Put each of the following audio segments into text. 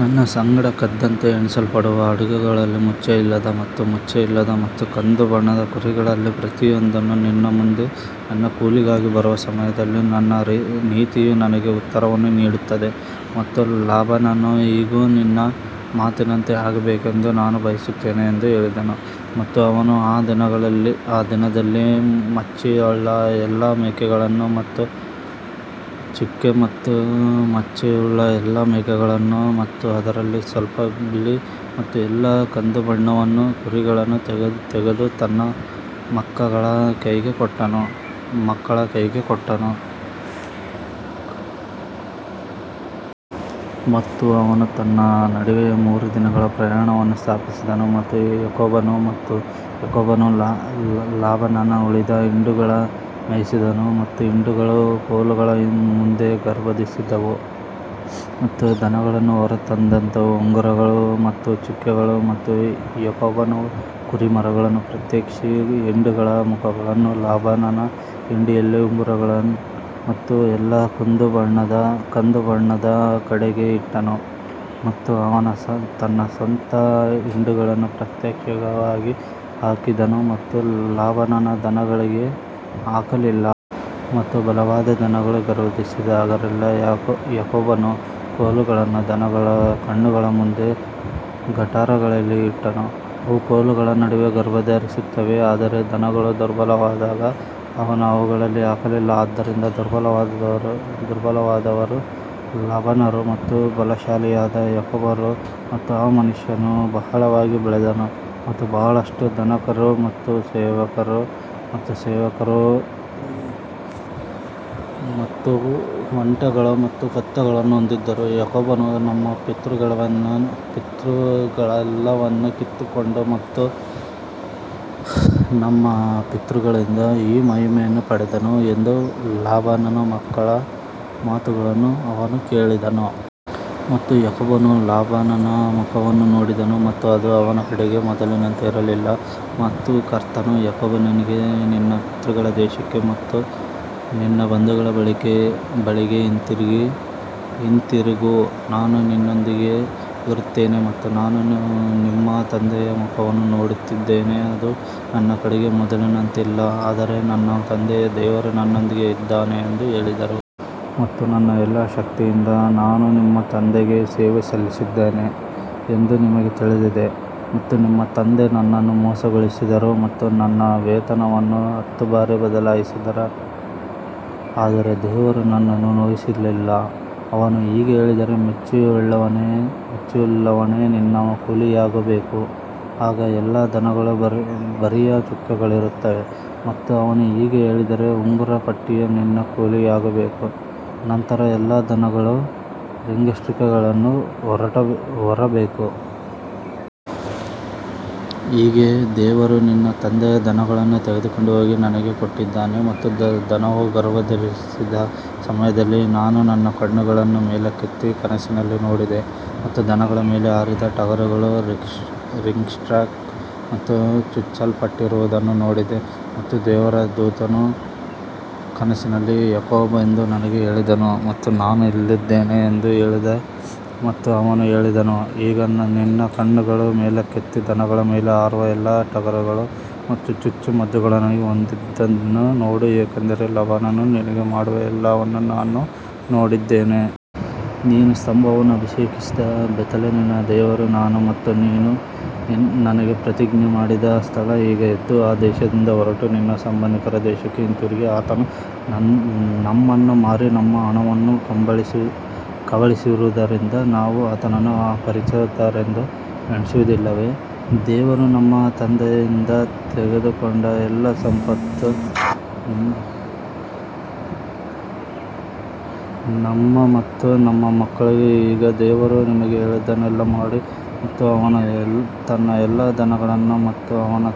ನನ್ನ ಸಂಗಡ ಕದ್ದಂತೆ ಎಣಿಸಲ್ಪಡುವ ಆಡುಗಳಲ್ಲಿ ಮಚ್ಚೆಯಿಲ್ಲದ ಮತ್ತು ಮಚ್ಚೆಯಿಲ್ಲದ ಮತ್ತು ಕಂದುಬಣ್ಣದ ಕುರಿಗಳಲ್ಲಿ ಪ್ರತಿಯೊಂದನ್ನು ನಿನ್ನ ಮುಂದೆ ನನ್ನ ಕೂಲಿಗಾಗಿ ಬರುವ ಸಮಯದಲ್ಲಿ ನನ್ನ ನೀತಿಯು ನನಗೆ ಉತ್ತರವನ್ನು ನೀಡುತ್ತದೆ. ಮತ್ತು ಲಾಬಾನನು ಇಗೋ, ನಿನ್ನ ಮಾತಿನಂತೆ ಆಗಬೇಕೆಂದು ನಾನು ಬಯಸುತ್ತೇನೆ ಎಂದು ಹೇಳಿದನು ಮತ್ತು ಅವನು ಆ ದಿನದಲ್ಲಿ ಮಚ್ಚೆಯುಳ್ಳ ಎಲ್ಲಾ ಮೇಕೆಗಳನ್ನು ಮತ್ತು ಚುಕ್ಕೆ ಮತ್ತು ಮಚ್ಚೆಯುಳ್ಳ ಎಲ್ಲಾ ಮೇಕೆಗಳನ್ನು ಮತ್ತು ಅದರಲ್ಲಿ ಸ್ವಲ್ಪ ಬಿಳಿ ಮತ್ತು ಎಲ್ಲಾ ಕಂದುಬಣ್ಣವನ್ನು ಕುರಿಗಳಲ್ಲಿ ತೆಗೆದು ತನ್ನ ಮಕ್ಕಳ ಕೈಗೆ ಕೊಟ್ಟನು. ಮತ್ತು ಅವನು ತನ್ನ ನಡುವೆ ಮೂರು ದಿನಗಳ ಪ್ರಯಾಣವನ್ನು ಸ್ಥಾಪಿಸಿದನು ಮತ್ತು ಯಾಕೋಬನು ಮತ್ತು ಯಾಕೋಬನು ಲಾಬಾನನ ಉಳಿದ ಹಿಂಡುಗಳನ್ನು ಮೇಯಿಸಿದನು. ಮತ್ತು ಹಿಂಡುಗಳು ಕೋಲುಗಳ ಮುಂದೆ ಗರ್ಭಧರಿಸಿದವು ಮತ್ತು ದನಗಳನ್ನು ಹೊರತಂದವು ಉಂಗುರಗಳು ಮತ್ತು ಚುಕ್ಕೆಗಳು ಮತ್ತು ಯಾಕೋಬನು ಕುರಿಮರಿಗಳನ್ನು ಪ್ರತ್ಯೇಕಿಸಿ ಹಿಂಡುಗಳ ಮುಖಗಳನ್ನು ಲಾಬಾನನ ಹಿಂಡಿನಲ್ಲಿ ಉಂಗುರಗಳು ಮತ್ತು ಎಲ್ಲಾ ಕಂದುಬಣ್ಣದ ಕಡೆಗೆ ಇಟ್ಟನು ಮತ್ತು ಅವನು ತನ್ನ ಸ್ವಂತ ಹಿಂಡುಗಳನ್ನು ಪ್ರತ್ಯೇಕವಾಗಿ ಹಾಕಿದನು ಮತ್ತು ಲಾಬಾನನ ದನಗಳಿಗೆ ಹಾಕಲಿಲ್ಲ. ಮತ್ತು ಬಲವಾದ ದನಗಳು ಗರ್ಭಧರಿಸಿದಾಗಲೆಲ್ಲಾ ಯಾಕೋಬನು ಕೋಲುಗಳನ್ನು ದನಗಳ ಕಣ್ಣುಗಳ ಮುಂದೆ ಗಟಾರಗಳಲ್ಲಿ ಇಟ್ಟನು, ಅವು ಕೋಲುಗಳ ನಡುವೆ ಗರ್ಭಧರಿಸುತ್ತವೆ. ಆದರೆ ದನಗಳು ದುರ್ಬಲವಾದಾಗ ಅವನು ಅವುಗಳನ್ನು ಹಾಕಲಿಲ್ಲ, ಆದ್ದರಿಂದ ದುರ್ಬಲವಾದವರು ಲಾಬಾನರು ಮತ್ತು ಬಲಶಾಲಿಯಾದ ಯಾಕೋಬರು. ಮತ್ತು ಆ ಮನುಷ್ಯನು ಬಹಳವಾಗಿ ಬೆಳೆದನು ಮತ್ತು ಬಹಳಷ್ಟು ದನಕರು ಮತ್ತು ಸೇವಕರು ಮತ್ತು ಸೇವಕರು ಮತ್ತು ಒಂಟೆಗಳು ಮತ್ತು ಕತ್ತೆಗಳನ್ನು ಹೊಂದಿದ್ದರು ಯಾಕೋಬನು ನಮ್ಮ ಪಿತೃಗಳೆಲ್ಲವನ್ನೂ ಕಿತ್ತುಕೊಂಡನು ಮತ್ತು ನಮ್ಮ ಪಿತೃಗಳಿಂದ ಈ ಮಹಿಮೆಯನ್ನು ಪಡೆದನು ಎಂದು ಲಾಬಾನನ ಮಕ್ಕಳ ಮಾತುಗಳನ್ನು ಅವನು ಕೇಳಿದನು. ಮತ್ತು ಯಾಕೋಬನು ಲಾಬಾನನ ಮುಖವನ್ನು ನೋಡಿದನು ಮತ್ತು ಅದು ಅವನ ಕಡೆಗೆ ಮೊದಲಿನಂತೆ ಇರಲಿಲ್ಲ ಮತ್ತು ಕರ್ತನು ಯಾಕೋಬನಿಗೆ ನಿನ್ನ ಪಿತೃಗಳ ದೇಶಕ್ಕೆ ಮತ್ತು ನಿನ್ನ ಬಂಧುಗಳ ಬಳಿಗೆ ಹಿಂತಿರುಗು, ನಾನು ನಿನ್ನೊಂದಿಗೆ ಇರುತ್ತೇನೆ. ಮತ್ತು ನಾನು ನಿಮ್ಮ ತಂದೆಯ ಮುಖವನ್ನು ನೋಡುತ್ತಿದ್ದೇನೆ, ಅದು ನನ್ನ ಕಡೆಗೆ ಮೊದಲಿನಂತಿಲ್ಲ ಆದರೆ ನನ್ನ ತಂದೆಯ ದೇವರು ನನ್ನೊಂದಿಗೆ ಇದ್ದಾನೆ ಎಂದು ಹೇಳಿದರು. ಮತ್ತು ನನ್ನ ಎಲ್ಲಾ ಶಕ್ತಿಯಿಂದ ನಾನು ನಿಮ್ಮ ತಂದೆಗೆ ಸೇವೆ ಸಲ್ಲಿಸಿದ್ದೇನೆ ಎಂದು ನಿಮಗೆ ತಿಳಿದಿದೆ ಮತ್ತು ನಿಮ್ಮ ತಂದೆ ನನ್ನನ್ನು ಮೋಸಗೊಳಿಸಿದರು ಮತ್ತು ನನ್ನ ವೇತನವನ್ನು ಹತ್ತು ಬಾರಿ ಬದಲಾಯಿಸಿದರು ಆದರೆ ದೇವರು ನನ್ನನ್ನು ನೋಯಿಸಲಿಲ್ಲ ಅವನು ಹೀಗೆ ಹೇಳಿದರೆ ಮಚ್ಚೆಯುಳ್ಳವನೇ ನಿನ್ನ ಕೂಲಿಯಾಗಬೇಕು, ಆಗ ಎಲ್ಲಾ ದನಗಳು ಬರಿಯ ಚುಕ್ಕೆಗಳಿರುತ್ತವೆ ಮತ್ತು ಅವನು ಹೀಗೆ ಹೇಳಿದರೆ ಉಂಗುರ ಪಟ್ಟಿಯು ನಿನ್ನ ಕೂಲಿಯಾಗಬೇಕು, ನಂತರ ಎಲ್ಲಾ ದನಗಳನ್ನು ರಿಂಗ್ಸ್ಟ್ರೇಕ್ಗಳನ್ನು ಹೊರಬೇಕು. ಹೀಗೆ ದೇವರು ನಿನ್ನ ತಂದೆಯ ದನಗಳನ್ನು ತೆಗೆದುಕೊಂಡು ಹೋಗಿ ನನಗೆ ಕೊಟ್ಟಿದ್ದಾನೆ ಮತ್ತು ದನವು ಗರ್ಭಧರಿಸಿದ ಸಮಯದಲ್ಲಿ ನಾನು ನನ್ನ ಕಣ್ಣುಗಳನ್ನು ಮೇಲಕ್ಕೆತ್ತಿ ಕನಸಿನಲ್ಲಿ ನೋಡಿದೆ ಮತ್ತು ದನಗಳ ಮೇಲೆ ಹಾರಿದ ಟಗರುಗಳು ರಿಂಗ್ಸ್ಟ್ರ್ಯಾಕ್ ಮತ್ತು ಚುಚ್ಚಲ್ಪಟ್ಟಿರುವುದನ್ನು ನೋಡಿದೆ. ಮತ್ತು ದೇವರ ದೂತನು ಕನಸಿನಲ್ಲಿ ಯಾಕೋಬ್ ಎಂದು ನನಗೆ ಹೇಳಿದನು ಮತ್ತು ನಾನು ಇಲ್ಲಿದ್ದೇನೆ ಎಂದು ಹೇಳಿದೆ ಮತ್ತು ಅವನು ಹೇಳಿದನು, ಈಗ ನಿನ್ನ ಕಣ್ಣುಗಳನ್ನು ಮೇಲಕ್ಕೆತ್ತಿ ದನಗಳ ಮೇಲೆ ಹಾರುವ ಎಲ್ಲಾ ಟಗರುಗಳು ಮತ್ತು ಚುಚ್ಚುಮದ್ದುಗಳನ್ನು ಹೊಂದಿದ್ದುದನ್ನು ನೋಡು ಏಕೆಂದರೆ ಲಾಬಾನನು ನಿನಗೆ ಮಾಡುವ ಎಲ್ಲವನ್ನೂ ನಾನು ನೋಡಿದ್ದೇನೆ. ನೀನು ಸ್ತಂಭವನ್ನು ಅಭಿಷೇಕಿಸಿದ ಬೇತೇಲಿನ ದೇವರು ನಾನು ಮತ್ತು ನೀನು ನನಗೆ ಪ್ರತಿಜ್ಞೆ ಮಾಡಿದ ಸ್ಥಳ ಈಗ ಎದ್ದು ಈ ದೇಶದಿಂದ ಹೊರಟು ನಿನ್ನ ಸಂಬಂಧಿಕರ ದೇಶಕ್ಕೆ ಹಿಂತಿರುಗಿ ಆತನು ನಮ್ಮನ್ನು ಮಾರಿ ನಮ್ಮ ಹಣವನ್ನು ಕಬಳಿಸಿರುವದರಿಂದ ನಾವು ಆತನನ್ನು ಅಪರಿಚಿತರೆಂದು ಎಣಿಸುವುದಿಲ್ಲವೇ? ದೇವರು ನಮ್ಮ ತಂದೆಯಿಂದ ತೆಗೆದುಕೊಂಡ ಎಲ್ಲಾ ಸಂಪತ್ತು ನಮ್ಮ ಮತ್ತು ನಮ್ಮ ಮಕ್ಕಳು ಈಗ ದೇವರು ನಿಮಗೆ ಹೇಳಿದ್ದನ್ನೆಲ್ಲಾ ಮಾಡಿ ಮತ್ತು ಅವನು ತನ್ನ ಎಲ್ಲಾ ದನಗಳನ್ನು ಮತ್ತು ಅವನ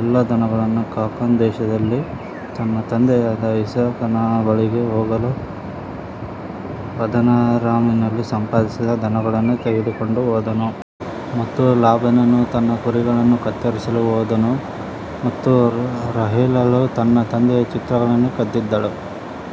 ಎಲ್ಲಾ ದನಗಳನ್ನು ಕಾನಾನ್ ದೇಶದಲ್ಲಿ ತನ್ನ ತಂದೆಯಾದ ಇಸಾಕನ ಬಳಿಗೆ ಹೋಗಲು ಪದಾನರಾಮಿನಲ್ಲಿ ಸಂಪಾದಿಸಿದ ದನಗಳನ್ನು ತೆಗೆದುಕೊಂಡು ಹೋದನು. ಮತ್ತು ಲಾಬಾನನು ತನ್ನ ಕುರಿಗಳನ್ನು ಕತ್ತರಿಸಲು ಹೋದನು ಮತ್ತು ರಾಹೇಲಳು ತನ್ನ ತಂದೆಯ ಚಿತ್ರಗಳನ್ನು ಕದ್ದಿದ್ದಳು.